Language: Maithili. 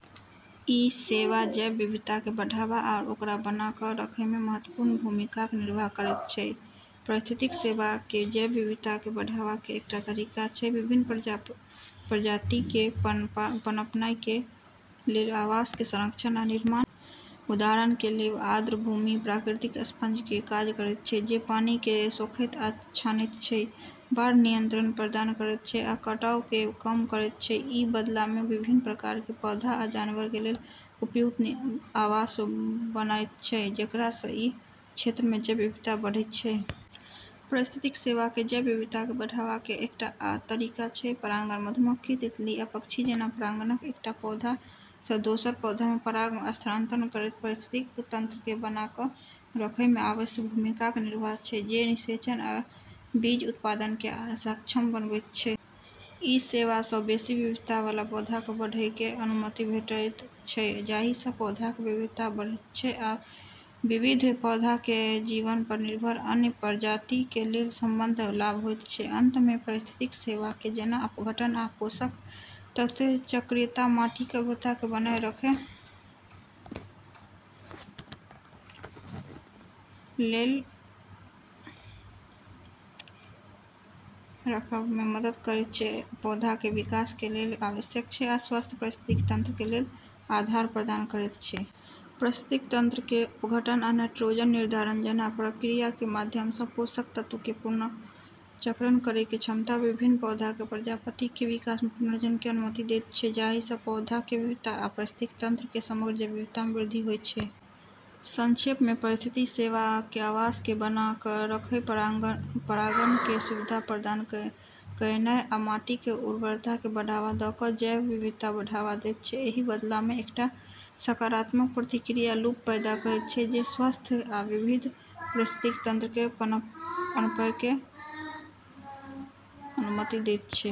ई सेवा जैव विविधता के बढ़ावा आ ओकरा बना क' रखयमे महत्वपूर्ण भूमिकाक निर्वाह करैत छै। पारिस्थितिकी सेवा के जैव विविधता के बढ़ावा के एकटा तरीका छै विभिन्न प्रजाति के पनपनाय के लेल आवास के संरक्षण आ निर्माण। उदाहरण के लिए आर्द्रभूमि प्राकृतिक स्पंज के काज करैत छै, जे पानी के सोखैत आ छानैत छै, बाढ़ नियंत्रण प्रदान करैत छै, आ कटाव के कम करैत छै। ई बदला में विभिन्न प्रकार के पौधा आ जानवर के लेल उपयुक्त आवास बनायत छै, जेकरा सँ ई क्षेत्र में जैव विविधता बढ़ैत छै। पारिस्थितिकी सेवा के जैव विविधता के बढ़ावा के एकटा आ तरीका छै परागण। मधुमक्खी, तितली आ पक्षी जैना परागणक एकटा पौधा सँ दोसर पौधा में पराग के स्थानांतरण करैत पारिस्थितिकी तंत्र के बना क' रखयमे आवश्यक भूमिकाक निर्वाह छै, जे निषेचन आ बीज उत्पादन के सक्षम बनबैत छै। ई सेवा सँ बेसि विविधतावला पौधाके बढ़य के अनुमति भेटैत छै, जाहिसँ पौधा के विविधता बढ़ैत छै आ विविध पौधा के जीवन पर निर्भर अन्य प्रजाति के लेल संबद्ध लाभ होइत छै। अंत में, पारिस्थितिकी सेवा के जेना अपघटन आ पोषक तत्व के चक्रीयता माटि के उर्वरता के बनाए रखब में मदद करैत छै, जे पौधा के विकास के लेल आवश्यक छै आ स्वस्थ पारिस्थितिकी तंत्र के लेल आधार प्रदान करैत छै। पारिस्थितिकी तंत्र के अपघटन आ नाइट्रोजन निर्धारण जैना प्रक्रिया के माध्यम सँ पोषक तत्व के पुनर्चक्रण करय के क्षमता विभिन्न पौधा के प्रजाति के विकास आ पुनर्जनन के अनुमति दैत छै, जाहिसँ पौधा के विविधता आ पारिस्थितिकी तंत्र के समग्र जैव विविधता में वृद्धि होइत छै। संक्षेप में, पारिस्थितिकी सेवा के आवास के बना क' रखनाय, परागण के सुविधा प्रदान कयनाय, आ माटि के उर्वरताकेँ बढ़ावा दऽ कऽ जैव विविधताकेँ बढ़ावा दैत छै। एहि बदलामे एकटा सकारात्मक प्रतिक्रिया लूप पैदा करैत छै, जे स्वस्थ आ विविध पारिस्थितिकी तंत्र के पनपयके अनुमति दैत छै।